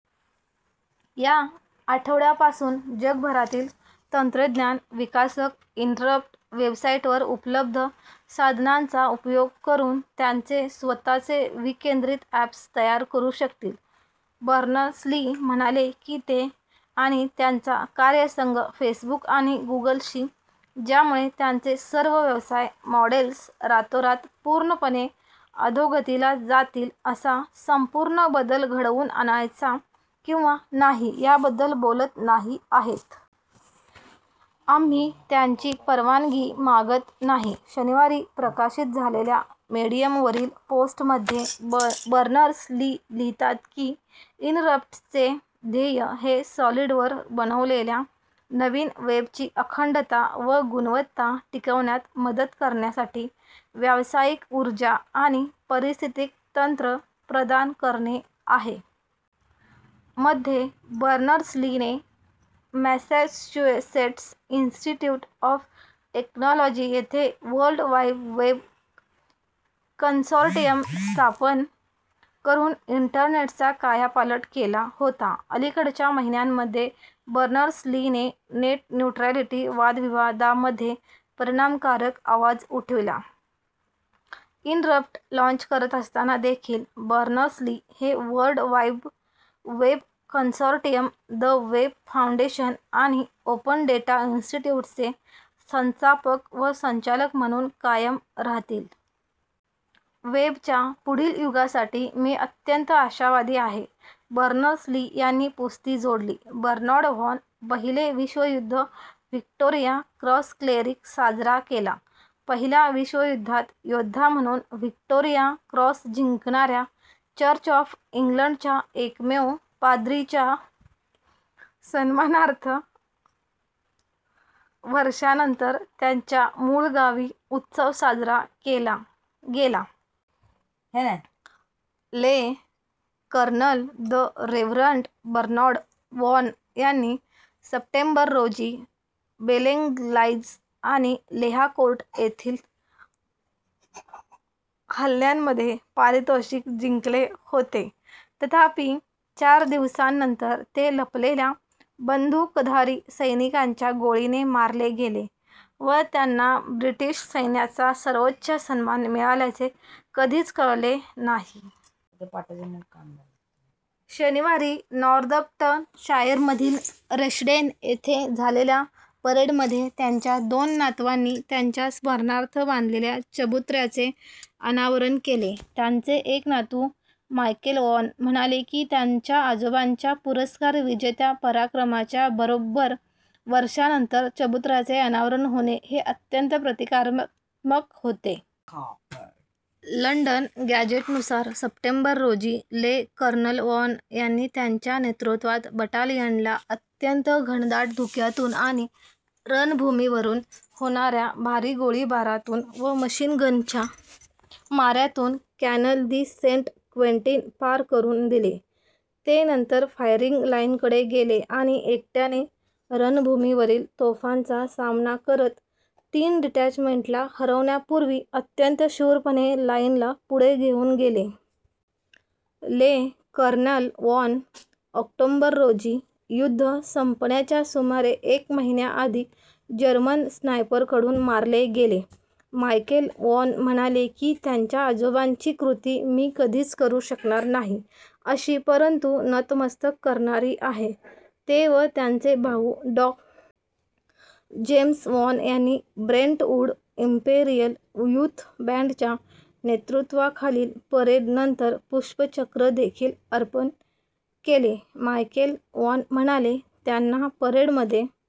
या आठवड्यापासून जगभरातील तंत्रज्ञान विकासक इनरप्ट वेबसाइटवर उपलब्ध साधनांचा उपयोग करून त्यांचे स्वतःचे विकेंद्रित अॅप्स तयार करू शकतील. बर्नर्स-ली म्हणाले की ते आणि त्यांचा कार्यसंघ "फेसबुक आणि गुगलशी, ज्यामुळे त्यांचे सर्व व्यवसाय मॉडेल्स रातोरात पूर्णपणे अधोगतीला जातील असा संपूर्ण बदल घडवून आणायचा किंवा नाही याबद्दल बोलत नाही आहेत. "आम्ही त्यांची परवानगी मागत नाही. " शनिवारी प्रकाशित झालेल्या मेडियमवरील पोस्टमध्ये बर्नर्स-ली लिहितात की इनरप्टचे "ध्येय हे सॉलिडवर बनलेल्या नवीन वेबची अखंडता व गुणवत्ता टिकवण्यात मदत करण्यासाठी व्यावसायिक उर्जा आणि पारिस्थितिक तंत्र प्रदान करणे आहे. " मध्ये, बर्नर्स-लीने मॅसॅच्युसेट्स इंस्टिट्युट ऑफ टेक्नॉलॉजी येथे वर्ल्ड वाइड वेब कंसॉर्टिअम स्थापन करून इंटरनेटचा कायापालट केला होता. अलीकडच्या महिन्यांमध्ये, बर्नर्स-लीने नेट न्युट्रॅलिटी वादविवादामध्ये परिणामकारक आवाज उठविला. इनरप्ट लाँच करत असताना देखील, बर्नर्स-ली हे World Wide Web Consortium, the Web Foundation आणि ओपन डेटा इंस्टिट्युटचे संस्थापक व संचालक म्हणून कायम राहतील. "वेबच्या पुढील युगासाठी मी अत्यंत आशावादी आहे," बर्नर्स-ली यांनी पुस्ती जोडली. बर्नार्ड व्हॉन: पहिले विश्वयुद्ध व्हिक्टोरिया क्रॉस क्लेरिक साजरा केला पहिल्या विश्वयुद्धात योद्धा म्हणून व्हिक्टोरिया क्रॉस जिंकणाऱ्या चर्च ऑफ इंग्लंडच्या एकमेव पाद्रीच्या सन्मानार्थ वर्षांनंतर त्याच्या मूळगावी उत्सव साजरा केला गेला. ले. Colonel the reverend Bernard Vaughan यांनी सप्टेंबर रोजी बेलेंग्लाइज आणि लेहाकोर्ट येथील हल्ल्यामध्ये पारितोषिक जिंकले होते. तथापि, चार दिवसांनंतर ते लपलेल्या बंधुकधारी सैनिकाच्या गोळीने मारले गेले व त्यांना ब्रिटिश सैन्याचा सर्वोच्च सन्मान मिळाल्याचे कधीच कळले नाही. शनिवारी नॉर्दम्प्टनशायरमधील रश्डेन येथे झालेल्या परेडमध्ये त्यांच्या दोन नातवांनी त्यांच्या स्मरणार्थ बांधलेल्या चबुतऱ्याचे अनावरण केले. त्यांचे एक नातू, मायकेल वॉन म्हणाले की त्यांच्या आजोबांच्या पुरस्कार-विजेत्या पराक्रमाच्या बरोब्बर वर्षांनंतर चबुतऱ्याचे अनावरण होणे हे "अत्यंत प्रतिकात्मक होते. लंडन गॅझेटनुसार सप्टेंबर रोजी ले. कर्नल वॉन यांनी त्यांच्या नेतृत्वात बटालियनला "अत्यंत घनदाट धुक्यातून आणि रणभूमीवरून होणाऱ्या भारी गोळीबारातून व मशीन गनच्या माऱ्यातून" कॅनल दी सेंट-क्वेंटिन पार करून दिले. ते नंतर फायरिंग लाइनकडे गेले आणि एकट्याने रणभूमीवरील तोफांचा सामना करत तीन डिटॅचमेंटला हरवण्यापूर्वी "अत्यंत शूरपणे" लाइनला पुढे घेऊन गेले. ले. कर्नल वॉन ऑक्टोबर रोजी युद्ध संपण्याच्या सुमारे एक महिन्याआधी जर्मन स्नायपरकडून मारले गेले. मायकेल वॉन, म्हणाले की त्यांच्या आजोबांची कृती "मी कधीच करू शकणार नाही अशी परंतु नतमस्तक करणारी आहे. " ते व त्यांचे भाऊ डॉ. जेम्स वॉन यांनी ब्रेंटवूड इंपेरियल युथ बँडच्या नेतृत्वाखालील परेडनंतर पुष्पचक्र देखील अर्पण केले. मायकेल वॉन म्हणाले, त्यांना "परेडमध्ये